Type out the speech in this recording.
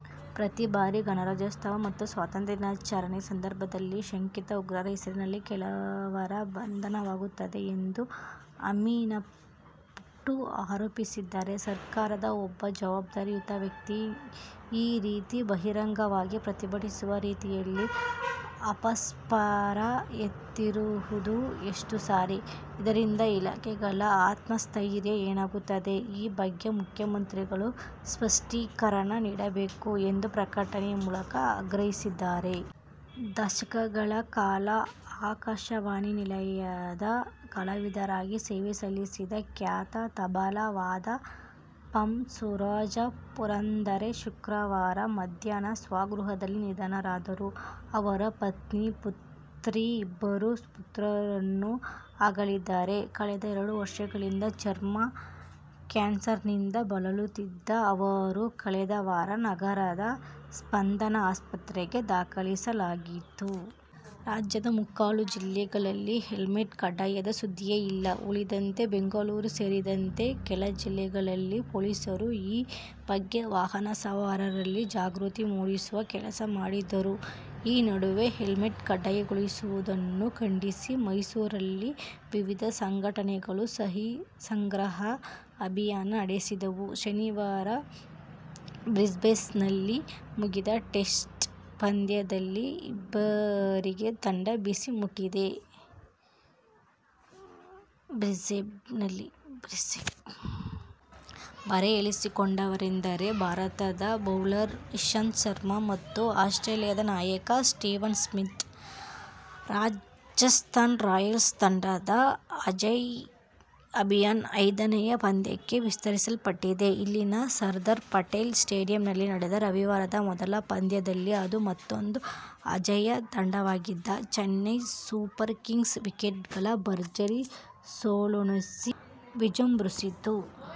ಪ್ರತಿ ಬಾರಿ ಗಣರಾಜ್ಯೋತ್ಸವ ಮತ್ತು ಸ್ವಾತಂತ್ರ್ಯ ದಿನಾಚರಣೆ ಸಂದರ್ಭದಲ್ಲಿ ಶಂಕಿತ ಉಗ್ರರ ಹೆಸರಿನಲ್ಲಿ ಕೆಲವರ ಬಂಧನವಾಗುತ್ತದೆ ಎಂದು ಅಮಿನ್ಮಟ್ಟು ಆರೋಪಿಸಿದ್ದಾರೆ. ಸರ್ಕಾರದ ಒಬ್ಬ ಜವಾಬ್ದಾರಿಯುತ ವ್ಯಕ್ತಿ ಈ ರೀತಿ ಬಹಿರಂಗವಾಗಿ ಪ್ರತಿಭಟಿಸುವ ರೀತಿಯಲ್ಲಿ ಅಪಸ್ವರ ಎತ್ತಿರುವುದು ಎಷ್ಟು ಸರಿ? ಇದರಿಂದ ಇಲಾಖೆಗಳ ಆತ್ಮಸ್ಥೈರ್ಯ ಏನಾಗುತ್ತದೆ? ಈ ಬಗ್ಗೆ ಮುಖ್ಯಮಂತ್ರಿಗಳು ಸ್ಪಷ್ಟೀಕರಣ ನೀಡಬೇಕು ಎಂದು ಪ್ರಕಟಣೆ ಮೂಲಕ ಆಗ್ರಹಿಸಿದ್ದಾರೆ. ದಶಕಗಳ ಕಾಲ ಆಕಾಶವಾಣಿ ನಿಲಯದ ಕಲಾವಿದರಾಗಿ ಸೇವೆ ಸಲ್ಲಿಸಿದ್ದ ಖ್ಯಾತ ತಬಲಾ ವಾದಕ ಪಂ. ಸೂರಜ ಪುರಂದರೆ ಶುಕ್ರವಾರ ಮಧ್ಯಾಹ್ನ ಸ್ವಗೃಹದಲ್ಲಿ ನಿಧನರಾದರು. ಅವರು ಪತ್ನಿ, ಪುತ್ರಿ, ಇಬ್ಬರು ಪುತ್ರರನ್ನು ಅಗಲಿದ್ದಾರೆ. ಕಳೆದ ಎರಡು ವರ್ಷಗಳಿಂದ ಚರ್ಮ ಕ್ಯಾನ್ಸರ್ನಿಂದ ಬಳಲುತ್ತಿದ್ದ ಅವರನ್ನು ಕಳೆದ ವಾರ ನಗರದ ಸ್ಪಂದನ ಆಸ್ಪತ್ರೆಗೆ ದಾಖಲಿಸಲಾಗಿತ್ತು. ರಾಜ್ಯದ ಮುಕ್ಕಾಲು ಜಿಲ್ಲೆಗಳಲ್ಲಿ ಹೆಲ್ಮೆಟ್ ಕಡ್ಡಾಯದ ಸುದ್ದಿಯೇ ಇಲ್ಲ, ಉಳಿದಂತೆ ಬೆಂಗಳೂರು ಸೇರಿದಂತೆ ಕೆಲ ಜಿಲ್ಲೆಗಳಲ್ಲಿ ಪೊಲೀಸರು ಈ ಬಗ್ಗೆ ವಾಹನ ಸವಾರರಲ್ಲಿ ಜಾಗೃತಿ ಮೂಡಿಸುವ ಕೆಲಸ ಮಾಡಿದರು. ಈ ನಡುವೆ, ಹೆಲ್ಮೆಟ್ ಕಡ್ಡಾಯಗೊಳಿಸಿರುವುದನ್ನು ಖಂಡಿಸಿ ಮೈಸೂರಲ್ಲಿ ವಿವಿಧ ಸಂಘಟನೆಗಳು ಸಹಿಸಂಗ್ರಹ ಅಭಿಯಾನ ನಡೆಸಿದವು. ಶನಿವಾರ ಬ್ರಿಸ್ಬೇನ್ನಲ್ಲಿ ಮುಗಿದ ಟೆಸ್ಟ್ ಪಂದ್ಯದಲ್ಲಿ ಇಬ್ಬರಿಗೆ ದಂಡದ ಬಿಸಿ ಮುಟ್ಟಿದೆ. "ಬರೆ' ಎಳೆಸಿಕೊಂಡವರೆಂದರೆ ಭಾರತದ ಬೌಲರ್ ಇಶಾಂತ್ ಶರ್ಮ ಮತ್ತು ಆಸ್ಟ್ರೇಲಿಯದ ನಾಯಕ ಸ್ಟೀವನ್ ಸ್ಮಿತ್. ರಾಜಸ್ಥಾನ್ ರಾಯಲ್ಸ್ ತಂಡದ ಅಜೇಯ ಅಭಿಯಾನ ಐದನೇ ಪಂದ್ಯಕ್ಕೆ ವಿಸ್ತರಿಸಲ್ಪಟ್ಟಿದೆ. ಇಲ್ಲಿನ "ಸರ್ದಾರ್ ಪಟೇಲ್ ಸ್ಟೇಡಿಯಂ'ನಲ್ಲಿ ನಡೆದ ರವಿವಾರದ ಮೊದಲ ಪಂದ್ಯದಲ್ಲಿ ಅದು ಮತ್ತೂಂದು ಅಜೇಯ ತಂಡವಾಗಿದ್ದ ಚೆನ್ನೈ ಸೂಪರ್ ಕಿಂಗ್ಸ್ಗೆ ವಿಕೆಟ್ಗಳ ಭರ್ಜರಿ ಸೋಲುಣಿಸಿ ವಿಜೃಂಭಿಸಿತು.